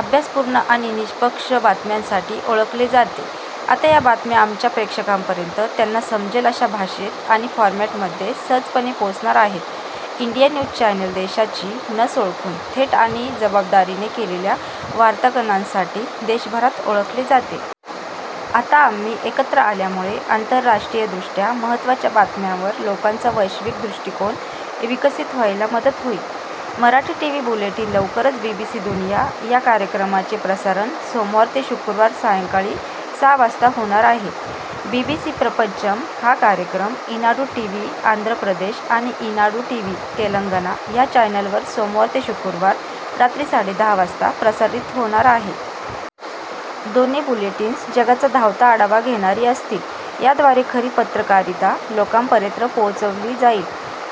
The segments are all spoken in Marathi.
अभ्यासपूर्ण आणि निष्पक्ष बातम्यांसाठी ओळखले जाते. आता या बातम्या आमच्या प्रेक्षकांपर्यंत त्यांना समजेल अशा भाषेत आणि फॉरमॅटमध्ये सहजपणे पोचणार आहेत. "इंडिया न्यूज चॅनेल देशाची नस ओळखून थेट आणि जबाबदारीने केलेल्या वार्तांकनासाठी देशभरात ओळखले जाते. आता आम्ही एकत्र आल्यामुळे आंतरराष्ट्रीयदृष्ट्या महत्त्वाच्या बातम्यांवर लोकांचा वैश्विक दृष्टिकोन विकसित व्हायला मदत होईल. मराठी टीव्ही बुलेटिन लवकरच 'बीबीसी दुनिया' या कार्यक्रमाचे प्रसारण सोमवार ते शुक्रवार सायंकाळी सहा वाजता होणार आहे. 'बीबीसी प्रपंचम' हा कार्यक्रम ईनाडू टीव्ही आंध्र प्रदेश आणि ईनाडू टीव्ही तेलंगणा या चॅनेलवर सोमवार ते शुक्रवार रात्री साडेदहा वाजता प्रसारित होणार आहे. दोन्ही बुलेटिन्स जगाचा धावता आढावा घेणारी असतील. याद्वारे खरी पत्रकारिता लोकांपर्यंत पोहोचवली जाईल.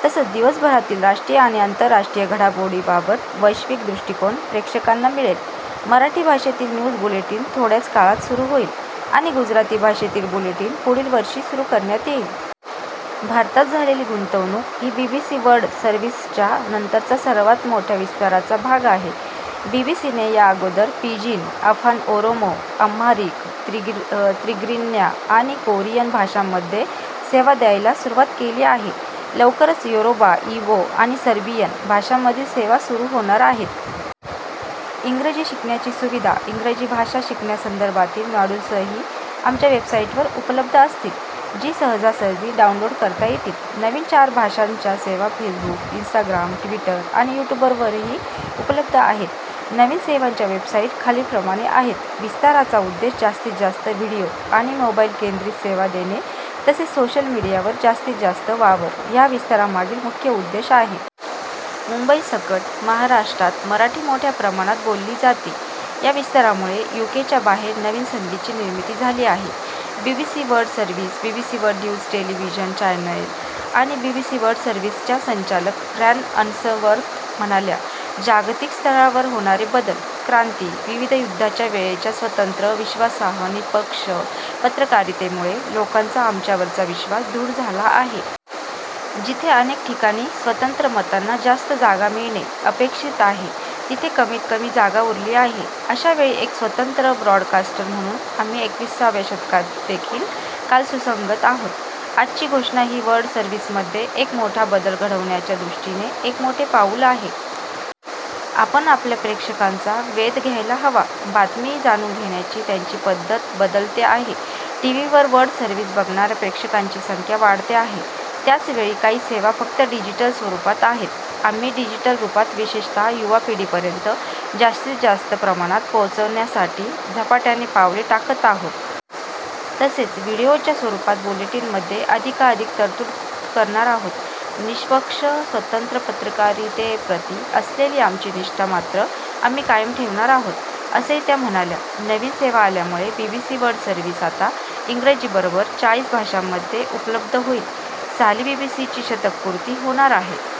तसंच दिवसभरातील राष्ट्रीय आणि आंतरराष्ट्रीय घडामोडींबाबत वैश्विक दृष्टिकोन प्रेक्षकांना मिळेल. मराठी भाषेतील न्यूज बुलेटिन थोड्याच काळात सुरू होईल आणि गुजराती भाषेतील बुलेटिन पुढील वर्षी सुरू करण्यात येईल. भारतात झालेली गुंतवणूक ही बीबीसी वर्ल्ड सर्व्हिसच्या नंतरचा सर्वात मोठ्या विस्ताराचा भाग आहे. बीबीसीने या अगोदर Pidgin, Afaan Oromo, Amharic, Tigrinya आणि कोरियन भाषांमध्ये सेवा द्यायला सुरुवात केली आहे. लवकरच योरोबा, इबो आणि सर्बियन भाषांमधील सेवा सुरू होणार आहेत. इंग्रजी शिकण्याची सुविधा - इंग्रजी भाषा शिकण्यासंदर्भातील मॉड्यूल्सही आमच्या वेबसाईटवर उपलब्ध असतील. जी सहजासहजी डाऊनलोड करता येतील. नवीन चार भाषांच्या सेवा फेसबुक, इन्स्टाग्राम, ट्विटर आणि यूट्यूबवरही उपलब्ध आहेत. नवीन सेवांच्या वेबसाईट खालीलप्रमाणे आहेत; विस्ताराचा उद्देश जास्तीत जास्त व्हिडिओ आणि मोबाईलकेंद्रित सेवा देणे तसेच सोशल मीडियावर जास्तीत जास्त वावर हा या विस्तारामागील मुख्य उद्देश आहे. मुंबईसकट महाराष्ट्रात मराठी मोठ्या प्रमाणात बोलली जाते. या विस्तारामुळे यूकेच्या बाहेर नवीन संधीची निर्मिती झाली आहे. BBC world service, BBC world news television channel आणि बीबीसी वर्ल्ड सर्व्हिसच्या संचालक फ्रॅन अन्सवर्थ म्हणाल्या, "जागतिक स्तरावर होणारे बदल, क्रांती, विविध युद्धाच्या वेळेच्या स्वतंत्र, विश्वासार्ह, निष्पक्ष पत्रकारितेमुळे लोकांचा आमच्यावरचा विश्वास दृढ झाला आहे." "जिथे अनेक ठिकाणी स्वतंत्र मतांना जास्त जागा मिळणे अपेक्षित आहे तिथे कमीत कमी जागा उरली आहे. अशा वेळी एक स्वतंत्र ब्रॉडकास्टर म्हणून आम्ही एकविसाव्या शतकातदेखील कालसुसंगत आहोत." "आजची घोषणा ही वर्ल्ड सर्व्हिसमध्ये एक मोठा बदल घडवण्याच्या दृष्टीने एक मोठे पाऊल आहे." "आपण आपल्या प्रेक्षकांचा वेध घ्यायला हवा. बातमी जाणून घेण्याची त्यांची पद्धत बदलते आहे. टीव्हीवर वर्ल्ड सर्व्हिस बघणाऱ्या प्रेक्षकांची संख्या वाढते आहे. त्याचवेळी काही सेवा फक्त डिजिटल स्वरूपात आहेत. आम्ही डिजिटल रुपात विशेषतः युवा पिढीपर्यंत जास्तीत जास्त प्रमाणात पोहोचण्यासाठी झपाट्याने पावले टाकत आहोत. तसेच व्हिडिओच्या स्वरूपात बुलेटिनमध्ये अधिकाधिक तरतूद करणार आहोत." "निष्पक्ष, स्वतंत्र पत्रकारितेप्रती असलेली आमची निष्ठा मात्र आम्ही कायम ठेवणार आहोत," असेही त्या म्हणाल्या. नवीन सेवा आल्यामुळे बीबीसी वर्ल्ड सर्व्हिस आता इंग्रजीबरोबर चाळीस भाषांमध्ये उपलब्ध होईल. साली बीबीसीची शतकपूर्ती होणार आहे.